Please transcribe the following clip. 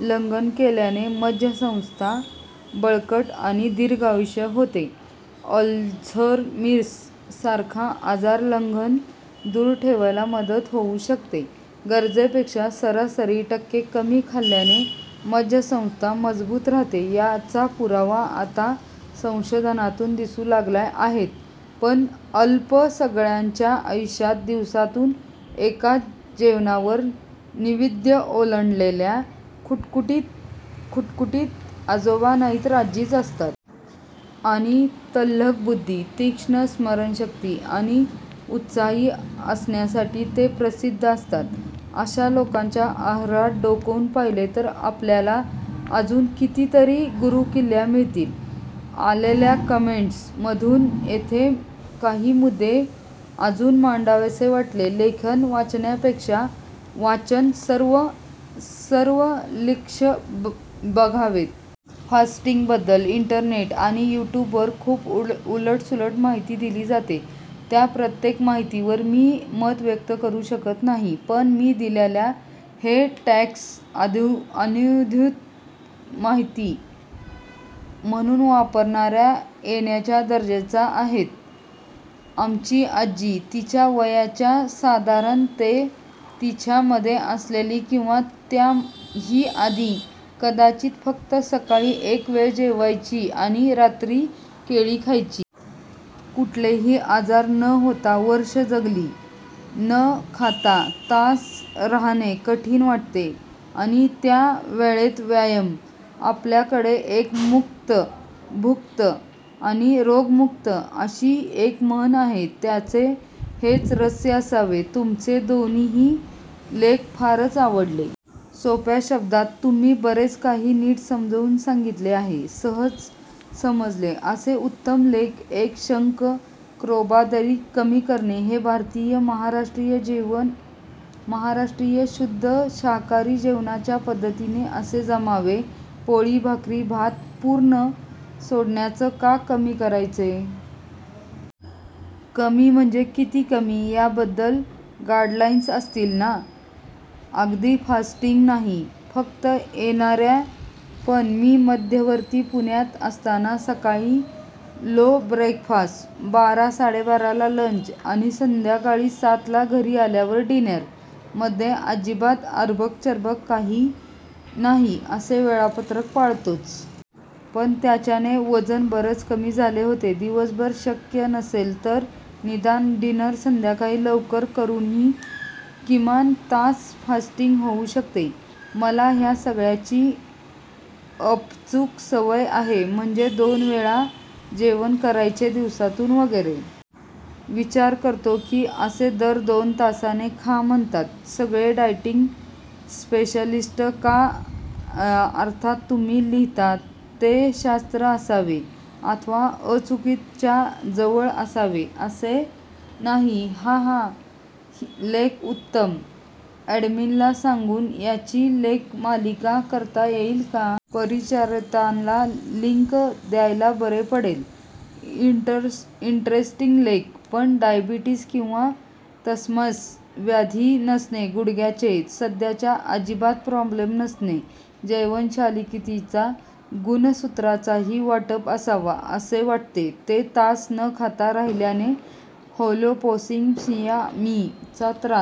लंघन केल्यानी मज्जासंस्था बळकट आणि दीर्घायुषी होते. अल्झायमर्स सारखा आजार लंघनाने दूर ठेवायला मदत होऊ शकते. गरजेपेक्षा सरासरी टक्के कमी खाल्ल्याने मज्जासंस्था मजबूत राहते याचे पुरावे आता संशोधनातून दिसू लागले आहेत. पण आप्ल्या सगळ्यांच्या आयुष्यात दिवसातून एकदाच जेवणारे, नव्वदी ओलांडलेले खुटखुटीत आजोबा नाहीतर आजी असतात. आणि तल्लख बुद्धी, तीक्ष्ण स्मरणशक्ती, आणि उत्साही असण्यासाठी ते प्रसिद्ध असतात. अशा लोकांच्या आहारात डोकावून पाहिलं तर आपल्याला अजून कितीतरी गुरुकिल्ल्या मिळतील! आलेल्या कॉमेंट्स मधून इथे काही मुद्दे अजून मांडावेसे वाटले लेखन वाचण्यापेक्षा वाचकांनी या सर्व लिंक्स बघाव्यात. फास्टिंग बद्दल इंटरनेट आणि युट्युबवर खूप उलट सुलट माहिती दिली जाते. त्या प्रत्येक माहितीवर मी मत व्यक्त करू शकत नाही. पण मी दिलेले हे टॉक्स अधिकृत माहिती म्हणून वापरता येण्याच्या दर्जाचे आहेत. आमची आजी तिच्या वयाच्या साधारण ते च्या मधे असेल किंवा त्या ही आधी कदाचित, फक्त सकाळी एक वेळ जेवायची आणि रात्री केळी खायची. कुठलाही आजार न होता वर्षे जगली. न खाता तास राहणं कठीण वाटतयं. आणि त्या वेळात व्यायाम? आपल्याकडे "एक भुक्त आणि रोगमुक्त" अशी एक म्हण आहे. त्याचे हेच रहस्य असावे. तुमचे दोन्ही लेख फारच आवडले. सोप्या शब्दांत तुम्ही बरेच काही नीट समजावून सांगितले आहे. सहज समजेल असं.., उत्तम लेख. एक शंका, कार्बोदके कमी करणे हे भारतीय / महाराष्ट्रीय शाकाहारी जेवणपद्धतीत कसं जमवावं? पोळी / भाकरी / भात पूर्ण सोडायचा का कमी करायचा? कमी म्हणजे किती कमी? याबद्दल गाईडलाईन्स असतील ना? अगदी फास्टींग नाही म्हणता येणार पण मी मध्यंतरी पुण्यात असताना, सकाळी: ला ब्रेकफास्ट, बारा-साडेबाराला लंच आणि संध्याकाळी सातला घरी आल्यावर डीनर.. मधे अजिबात अबरचबर काही नाही असं वेळापत्रक पाळायचो. पण त्याने वजन बरच कमी झालं होतं. दिवसभर शक्य नसेल तर निदान डीनर संध्याकाळी लवकर करूनही किमान तास फास्टींग होऊ शकतं. मलाही ह्या सगळ्याची आपसूक सवय आहे. म्हणजे दोनच वेळा जेवण करायचे दिवसातून वगैरे. लै विचार करतो की असे दर दोन तासाने खा म्हणतात सगळेच डायट स्पेशालिस्ट ते का? अर्थात तुम्ही लिहिलेत तेही शास्त्र असावे अथवा अचूकतेच्या जवळ असावे असेही नाही. हाही लेख उत्तम. ॲडमिनला सांगून याची लेखमालिका करता येईल का? परिचितांना लिंक द्यायला बरं पडेल. इंटरेस्टिंग लेख! पण डायबेटिस किंवा तत्सम व्याधी नसणे, गुडघ्याचा, सांध्यांचा अजिबात प्रॉब्लेम नसणे ह्यात जीवनशैलीइतकाच गुणसुत्रांचाही वाटा असावा असं वाटतं. ते तास न खाता राहिल्याने हायपोग्लायसेमिया चा त्रास